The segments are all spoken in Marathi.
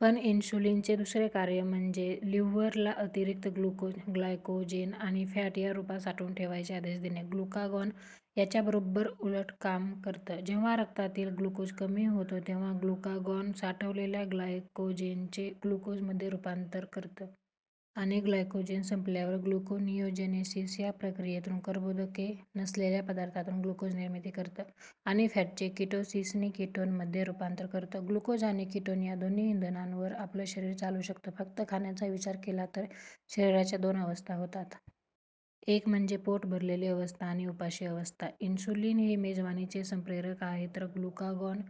पण इन्सुलिनचे दुसरे कार्य म्हणजे लिव्हर ला अतिरिक्त ग्लुकोज, ग्लायकोजेन आणि फॅट या रूपात साठवून ठेवायचे आदेश देणे. ग्लुकागॉन याच्या बरोब्बर उलट काम करतं. जेव्हा रक्तातील ग्लुकोज कमी होतं तेव्हा ग्लुकागॉन साठवलेल्या ग्लायकोजेनचे ग्लुकोज मध्ये रूपांतर करतं. आणि ग्लायकोजेन संपल्यावर ग्लुकोनियोजेनेसिस या प्रक्रियेतून कर्बोदके नसलेल्या पदार्थातून ग्लुकोज निर्मिती करतं. आणि फॅटचे किटोसिसनी केटोन मध्ये रूपांतर करतं. ग्लुकोज आणि कीटोन या दोन्ही इंधनांवर आपलं शरीर चालू शकतं. फक्त खाण्याचा विचार केला तर शरीराच्या दोन अवस्था होतात. एक म्हणजे पोट भरलेली अवस्था आणि उपाशी अवस्था. इन्सुलिन हे मेजवानीचे संप्रेरक आहे तर ग्लुकागॉन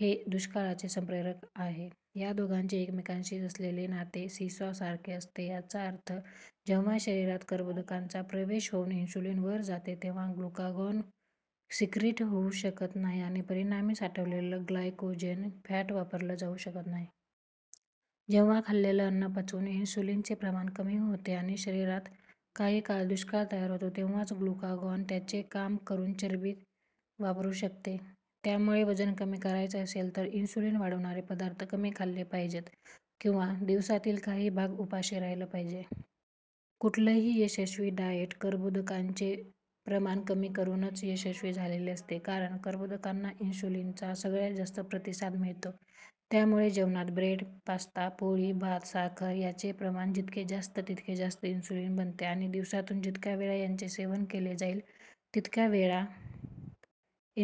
हे दुष्काळाचे संप्रेरक आहे. या दोघांचे एकमेकांशी असलेले नाते सीसॉ सारखे असते. याचा अर्थ जेव्हा शरीरात कर्बोदकांचा प्रवेश होऊन इन्सुलिन वर जाते, तेव्हा ग्लुकागॉन सिक्रीट होऊ शकत नाही आणि परिणामी साठवलेलं ग्लायकोजेन, फॅट वापरलं जाऊ शकत नाही. जेव्हा खाल्लेलं अन्न पचवून इन्सुलिन चे प्रमाण कमी होते आणि शरीरात काही काळ दुष्काळ तयार होतो, तेव्हाच ग्लुकागॉन त्याचे काम करून चरबी वापरू शकते. त्यामुळे वजन कमी करायचं असेल तर इन्सुलिन वाढवणारे पदार्थ कमी खाल्ले पाहिजेत किंवा दिवसातील काही भाग उपाशी राहिलं पाहिजे. कुठलंही यशस्वी डाएट कर्बोदकांचे प्रमाण कमी करूनच यशस्वी झालेले असते. कारण कर्बोदकांना इन्सुलिनचा सगळ्यात जास्त प्रतिसाद मिळतो. त्यामुळे जेवणात ब्रेड, पास्ता, पोळी, भात, साखर याचे प्रमाण जितके जास्त तितके जास्त इन्सुलिन बनते. आणि दिवसातून जितक्यावेळा यांचे सेवन केले जाईल तितक्या वेळा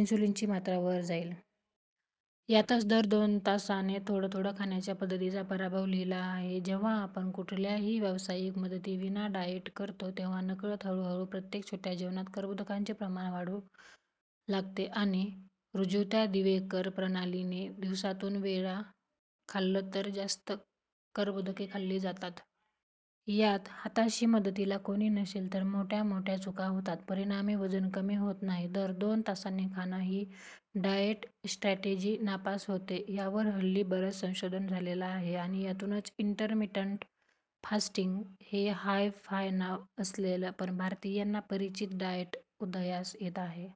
इन्सुलिनची मात्रा वर जाईल. यातच दर दोन तासाने थोडं थोडं खाण्याच्या पद्धतीचा पराभव लिहिला आहे. जेव्हा आपण कुठल्याही व्यावसायिक मदतीविना डाएट करतो तेव्हा नकळत हळू हळू प्रत्येक छोट्या जेवणात कर्बोदकांचे प्रमाण वाढू लागते. आणि ऋजुता दिवेकर प्रणालीने दिवसातून वेळा खाल्लं तर जास्त कर्बोदके खाल्ली जातात. त्यात हाताशी मदतीला कोणी नसेल तर मोठ्या मोठ्या चुका होतात. परिणामी वजन कमी होत नाही. दर दोन तासांनी खाणं ही डाएट स्ट्रॅटेजी नापास होते यावर हल्ली बरंच संशोधन झालेलं आहे. आणि यातूनच इंटरमिटंट फास्टिंग हे हाय फाय नाव असलेलं पण भारतीयांना परिचित डाएट उदयास येत आहे.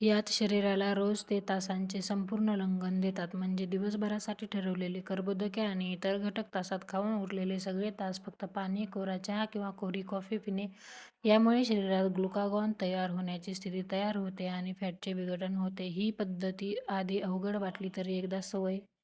यात शरीराला रोज ते तासांचे संपूर्ण लंघन देतात. म्हणजे दिवसभरासाठी ठरवलेली कर्बोदके आणि इतर घटक तासात खाऊन उरलेले सगळे तास फक्त पाणी, कोरा चहा किंवा कोरी कॉफी पिणे. यामुळे शरीरात ग्लुकागॉन तयार होण्याची स्थिती तयार होते आणि फॅटचे विघटन होते. ही पद्धती आधी अवघड वाटली तरी एकदा सवय